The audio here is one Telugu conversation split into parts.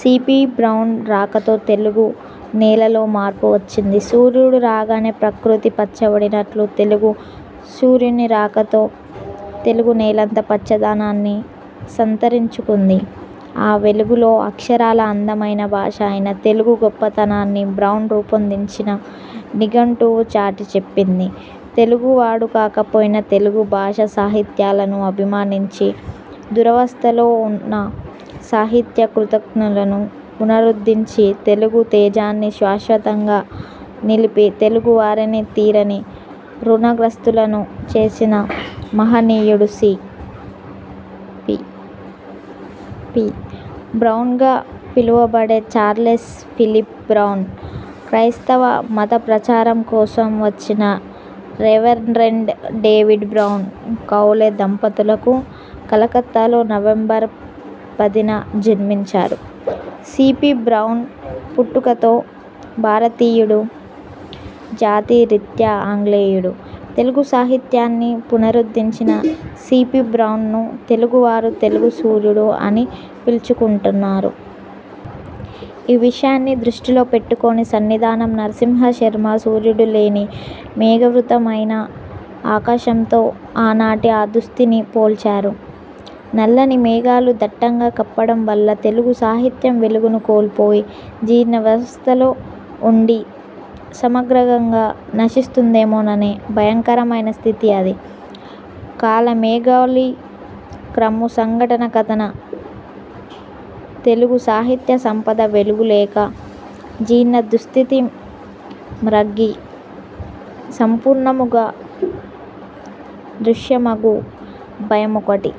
సి. పి. బ్రౌన్ రాకతో తెలుగు నేలలో మార్పు వచ్చింది. సూర్యుడు రాగానే ప్రకృతి పచ్చబడినట్లు తెలుగు సూర్యుని రాకతో తెలుగునేలంతా పచ్చదనాన్ని సంతరించుకుంది. ఆ వెలుగులో అక్షరాలా అందమైన భాష అయిన తెలుగు గొప్పతనాన్ని బ్రౌన్ రూపొందించిన నిఘంటువు చాటి చెప్పింది. తెలుగువాడు కాకపోయినా తెలుగు భాషా సాహిత్యాలను అభిమానించి, దురవస్థలో ఉన్న సాహిత్యా కృతులను పునరుద్ధరించి, తెలుగు తేజాన్ని శాశ్వతంగా నిలిపి, తెలుగువారిని తీరని ఋణగ్రస్తులను చేసిన మహనీయుడు సి. పి. బ్రౌన్గా పిలువబడే చార్లెస్ ఫిలిప్ బ్రౌన్. క్రైస్తవ మతప్రచారం కోసం వచ్చిన రెవరెండ్ డేవిడ్ బ్రౌన్, కౌలే దంపతులకు కలకత్తాలో నవంబర్ పదిన జన్మించారు సి. పి. బ్రౌన్ పుట్టుకతో భారతీయుడు, జాతి రీత్యా ఆంగ్లేయుడు. తెలుగు సాహిత్యాన్ని పునరుద్ధరించిన సి. పి. బ్రౌన్ను తెలుగువారు 'తెలుగు సూర్యుడు' అని పిలుచుకుంటున్నారు. ఈ విషయాన్ని దృష్టిలో పెట్టుకొని సన్నిధానం నరసింహశర్మ సూర్యుడులేని మేఘావృతమైన ఆకాశంతో ఆనాటి ఆ దుస్థితిని పోల్చారు. నల్లని మేఘాలు దట్టంగా కప్పడం వల్ల తెలుగు సాహిత్యం వెలుగును కోల్పోయి జీర్ణావస్థలో ఉండి సమగ్రంగా నశిస్తుందేమోననే భయంకరమైన స్థితి అది. ''కాలమేఘాళి క్రమ్ము సంఘటన కతన తెలుగు సాహిత్య సంపద వెలుగు లేక జీర్ణ దుస్థితి మ్రగ్గి సంపూర్ణముగ దృశ్యమగు భయమొకటి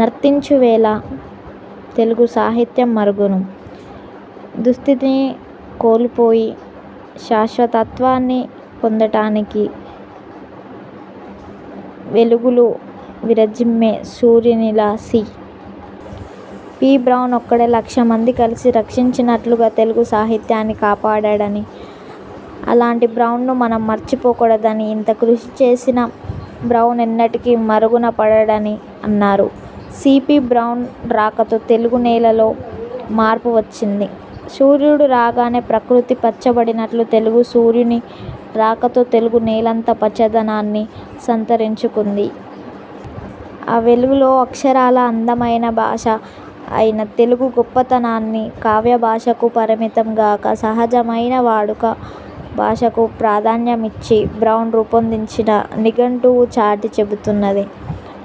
నర్తించువేళ''తెలుగు సాహిత్యం మరుగును, దుస్థితిని కోల్పోయి శాశ్వతత్వాన్ని పొందడానికి వెలుగులు విరజిమ్మే సూర్యునిలా సి. పి. బ్రౌన్ ఒక్కడే లక్ష మంది కలసి రక్షించినట్లుగా తెలుగు సాహిత్యాన్ని కాపాడాడని, అలాంటి బ్రౌన్ను మనం మరచిపోకూడదని, ఇంత కృషి చేసిన బ్రౌన్ ఎన్నటికీ మరుగునపడడని అన్నారు. సి. పి. బ్రౌన్ రాకతో తెలుగు నేలలో మార్పు వచ్చింది. సూర్యుడు రాగానే ప్రకృతి పచ్చబడినట్లు తెలుగు సూర్యుని రాకతో తెలుగునేలంతా పచ్చదనాన్ని సంతరించుకుంది. ఆ వెలుగులో అక్షరాలా అందమైన భాష అయిన తెలుగు గొప్పతనాన్ని కావ్యభాషకు పరిమితం గాక సహజమైన వాడుక భాషకు ప్రాధాన్యమిచ్చి బ్రౌన్ రూపొందించిన నిఘంటువు చాటి చెబుతున్నది.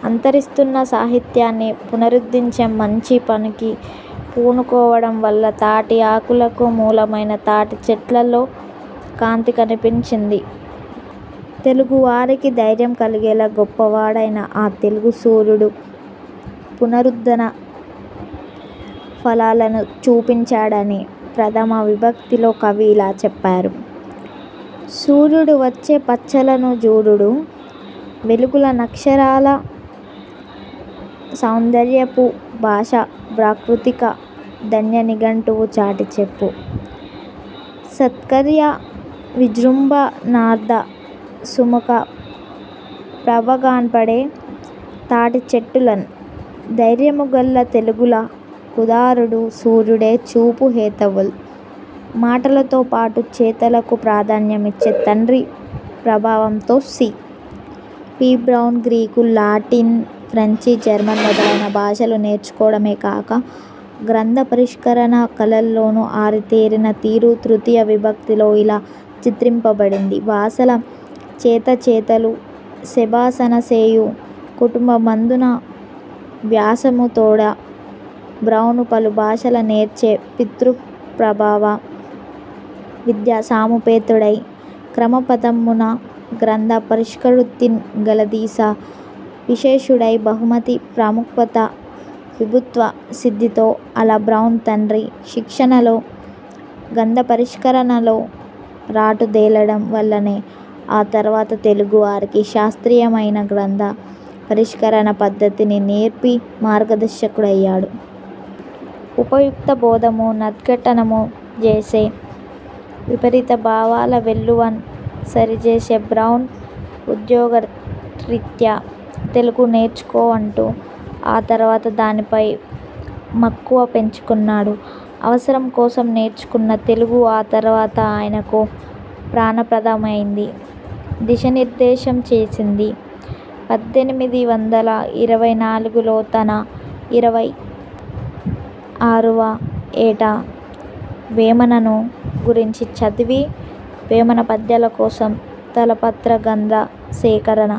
అంతరిస్తున్న సాహిత్యాన్ని పునరుద్దించే మంచి పనికి పూనుకోవడం వల్ల తాటి ఆకులకు మూలమైన తాటి చెట్లలో కాంతి కనిపించింది. తెలుగువారికి ధైర్యం కలిగేలా గొప్పవాడైన ఆ తెలుగు సూర్యుడు పునరుద్ధణ ఫలాలను చూపించాడని 'ప్రథమా విభక్తి'లో కవి ఇలా చెప్పారు. ''సూర్యుడు వచ్చె పచ్చలను జూడుడు, వెల్గుల నక్షరాల సౌందర్యపు భాష బ్రాకృతిక ధన్య నిఘంటువు చాటిచెప్పు, సత్కార్య విజృంభణార్థ సుముఖ ప్రభగన్పడె తాటిచెట్టులన్, ధైర్యముగల్ల తెల్గుల కుదారుడు సూర్యుడె చూపు హేతువుల్''మాటలతో పాటు చేతలకు ప్రాధాన్యమిచ్చే తండ్రి ప్రభావంతో C. P. Brown Greek, Latin, French, German మొదలైన భాషలు నేర్చుకోవడమే కాక గ్రంథ పరిష్కరణ కళలోనూ ఆరితేరిన తీరు 'తృతీయా విభక్తి'లో ఇలా చిత్రింపబడింది. ''బాసల చేత చేతలు సెబాసన సేయు కుటుంబమందున భ్యాసముతోడ బ్రౌను పలుభాషల నేర్చె పితృప్రభావ విద్యా సముపేతుడై క్రమపథమ్మున గ్రంథ పరిష్కృతిన్ గళాధీస విశేషుడై బహుమతి ప్రముఖత్వ విభుత్వ సిద్ధితో''అలా బ్రౌన్ తండ్రి శిక్షణలో గ్రంథపరిష్కరణలో రాటుదేలడం వల్లనే ఆ తర్వాత తెలుగువారికి శాస్త్రీయమైన గ్రంథ పరిష్కరణ పద్ధతిని నేర్పి మార్గదర్శకుడయ్యారు. ''ఉపయుక్త బోధము నద్ఘాటనము జేసె విపరీత భావాల వెల్లువన్ సరిజేసె''. బ్రౌన్ ఉద్యోగరీత్యా తెలుగు నేర్చుకొంటూ ఆ తర్వాత దానిపై మక్కువ పెంచుకున్నాడు. అవసరం కోసం నేర్చుకున్న తెలుగు ఆ తర్వాత ఆయనకు ప్రాణప్రదమైంది, దిశానిర్దేశం చేసింది. పద్దెనిమిది వందల ఇరవై నాలుగులో తన ఇరవై ఆరువ ఏట వేమనను గురించి చదివి, వేమన పద్యాల కోసం తళపత్ర గ్రంథ సేకరణ